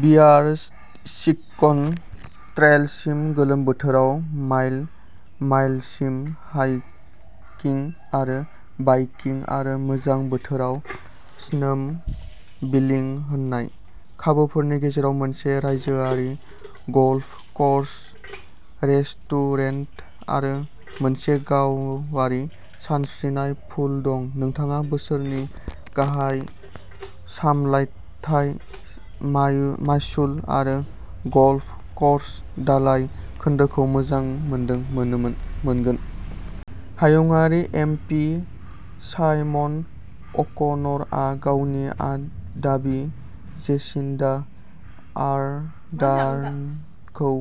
बियारसिकन ट्रेलसिम-गोलोम बोथोराव mile माइलसिम hiking आरो बाइकिं आरो गोजां बोथोराव स्नोम' बिलिं होनाय। खाबुफोरनि गेजेराव मोनसे रायजोआरि गल्फ कर्स, रेस्टुरेन्ट आरो मोनसे गावारि सानस्रिनाय पुल दं। नोंथाङा बोसोरनि गाहाय सामलायथाय मायु मासुल आरो गल्फ कर्स दालाय खोन्दोखौ मोजां मोनगोन। हायुंआरि एम पि साइमन अ'क'नरआ गावनि दाबि आन जेसिन्डा आर्डारखौ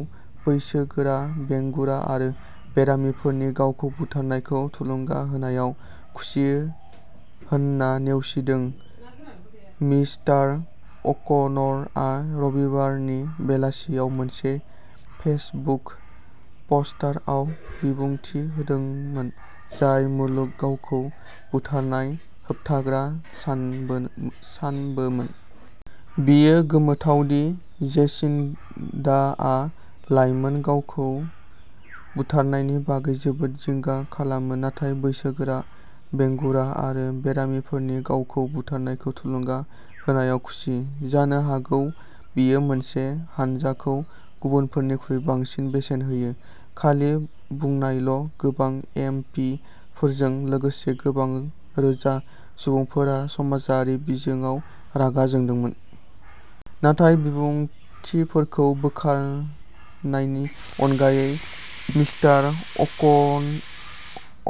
बैसोगोरा, बेंगुरा आरो बेरामिफोरनि गावखौ बुथारनायखौ थुलुंगा होनायाव खुसि होनना नेवसिदों। मिस्टार अ'क'नरआ रबिबारनि बेलासियाव मोनसे फेसबुक पस्टारआव बिबुंथि होदोंमोन, जाय मुलुग गावखौ बुथारनाय होबथाग्रा सानबो सानबोमोन। बेयो गोमोथाव दि जेसिन्डाआ लाइमोन गावखौ बुथारनायनि बागै जोबोद जिंगा खालामो नाथाय बैसोगोरा, बेंगुरा आरो बेरामिफोरनि गावखौ बुथारनायखौ थुलुंगा होनायाव खुसि। जानो हागौ बियो मोनसे हानजाखौ गुबुनफोरनिख्रुइ बांसिन बेसेन होयो। खालि बुंनायल' गोबां एम पि फोरजों लोगोसे गोबां रोजा सुबुंफोरा समाजारि बिजोङाव रागा जोंदोंमोन। नाथाय बिबुंथिफोरखौ बोखारनायनि अनगायै मिस्टार अकन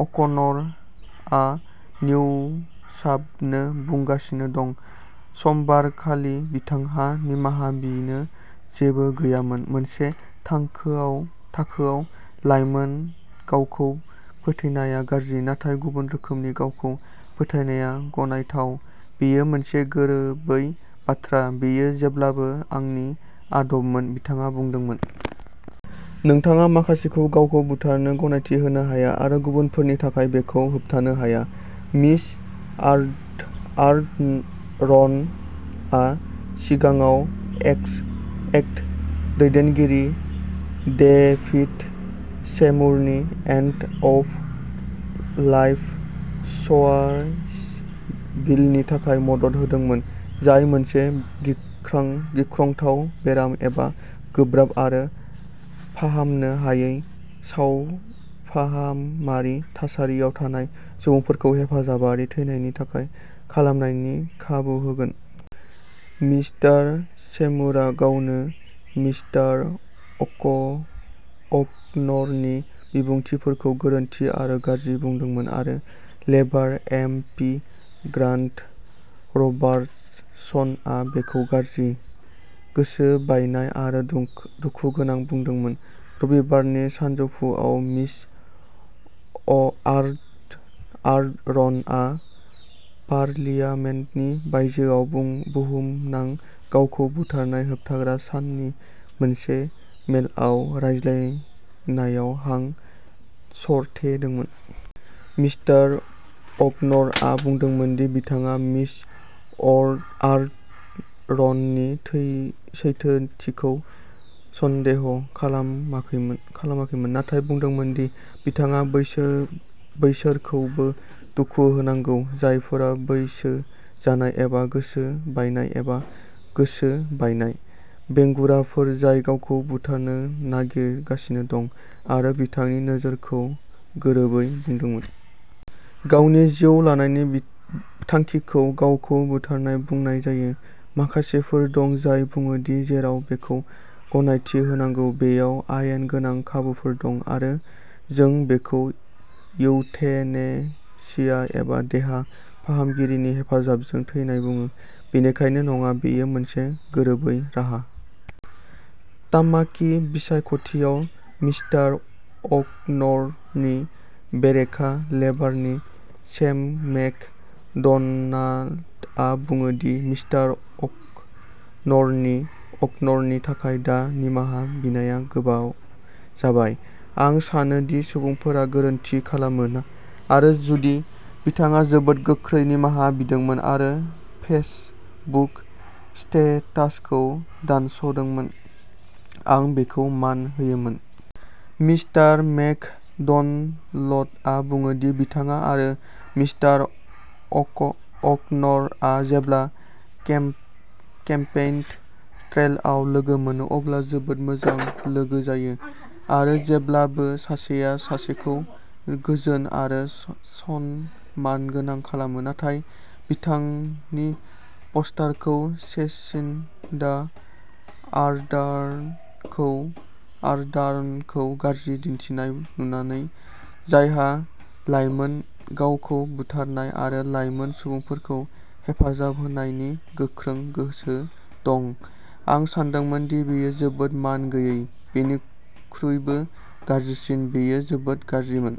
अ'क'नरआ निउशाबनो बुंगासिनो दं। समबारखालि बिथांहा निमाहा बिनो जेबो गैयामोन। मोनसे थांखोआव थाखोआव लाइमोन गावखौ फोथैनाया गाज्रि, नाथाय गुबुन रोखोमनि गावखौ फोथैनाया गनायथाव, बेयो मोनसे गोरोबै बाथ्रा। बेयो जेब्लाबो आंनि आदबमोन, बिथाङा बुंदोंमोन। नोंथाङा माखासेखौ गावखौ बुथारनो गनायथि होनो हाया आरो गुबुनफोरनि थाखाय बेखौ होबथानो हाया। मिस आर्ड आर्डर्नआ सिगाङाव एक्स एक्ट दैदेनगिरि डेभिड सेमुरनि एन्ड अफ लाइफ च्वाइस बिलनि थाखाय मदद होदोंमोन, जाय मोनसे गिख्रं गिख्रंथाव बेराम एबा गोब्राब आरो फाहामनो हायै सावफाहामारि थासारियाव थानाय सुबुंफोरखौ हेफाजाबारि थैनायनि थाखाय खालामनायनि खाबु होगोन। मिस्टार सेमुरा गावनो मिस्टार अक अ'कन'रनि बिबुंथिफोरखौ गोरोन्थि आरो गाज्रि बुंदोंमोन, आरो लेबार एम पि ग्रान्ट रबार्टसनआ बेखौ गाज्रि, गोसो बायनाय आरो दुखुगोनां बुंदोंमोन। रबिबारनि सानजौफुआव मिस अ आर आर्डर्नआ पार्लियामेन्टनि बायजोआव बुं बुहुमनां गावखौ बुथारनाय होबथाग्रा साननि मोनसे मेलआव रायज्लायनायाव हां सरथेदोंमोन। मिस्टार अ'कन'रना बुंदोंमोन दि बिथाङा मिस अर आर्डर्ननि थै सैथोथिखौ सन्देह खालामाखैमोन खालामाखैमोन, नाथाय बुंदोंमोन दि बिथाङा बैसोर बैसोरखौबो दुखु होनांगौ जायफोरा बैसो जानाय एबा गोसो बायनाय एबा गोसो बायनाय। बेंगुराफोर जाय गावखौ बुथारनो नागिरगासिनो दं, आरो बिथांनि नोजोरखौ गोरोबै बुंदोंमोन। गावनि जिउ लानायनि बिथांखिखौ गावखौ बुथारनाय बुंनाय जायो। माखासेफोर दं जाय बुङो दि जेराव बेखौ गनायथि होनांगौ बेयाव आयेन गोनां खाबुफोर दं, आरो जों बेखौ इउथेनेसिया एबा देहा फाहामगिरिनि हेफाजाबजों थैनाय बुङो। बेनिखायनो नङा, बेयो मोनसे गोरोबै राहा। तामाकी बिसायख'थियाव मिस्टार अ'कन'रनि बेरेखा, लेबारनि सेम मेक ड'नाल्डआ बुङो दि मिस्टार अ'कन'रनि अकनरनि थाखाय दा निमाहा बिनाया गोबाव जाबाय। आं सानो दि सुबुंफोरा गोरोन्थि खालामो, आरो जुदि बिथाङा जोबोद गोख्रै निमाहा बिदोंमोन आरो फेसबुक स्टेटासखौ दानस'दोंमोन, आं बेखौ मान होयोमोन। मिस्टार मेक ड'नाल्डआ बुङो दि बिथाङा आरो मिस्टार अक' अ'कन'रना जेब्ला केम्पेइन ट्रेलआव लोगो मोनो अब्ला जोबोद मोजां लोगो जायो, आरो जेब्लाबो सासेया सासेखौ गोजोन आरो स सनमानगोनां खालामो। नाथाय बिथांनि प'स्टारखौ जेसिन्डा आर्डरखौ आर्डारखौ गाज्रि दिन्थिनाय नुनानै, जायहा लाइमोन गावखौ बुथारनाय आरो लाइमोन सुबुंफोरखौ हेफाजाब होनायनि गोख्रों गोसो दं, आं सानदोंमोन दि बेयो जोबोद मान गैयै। बेनिख्रुइबो गाज्रिसिन, बेयो जोबोद गाज्रिमोन।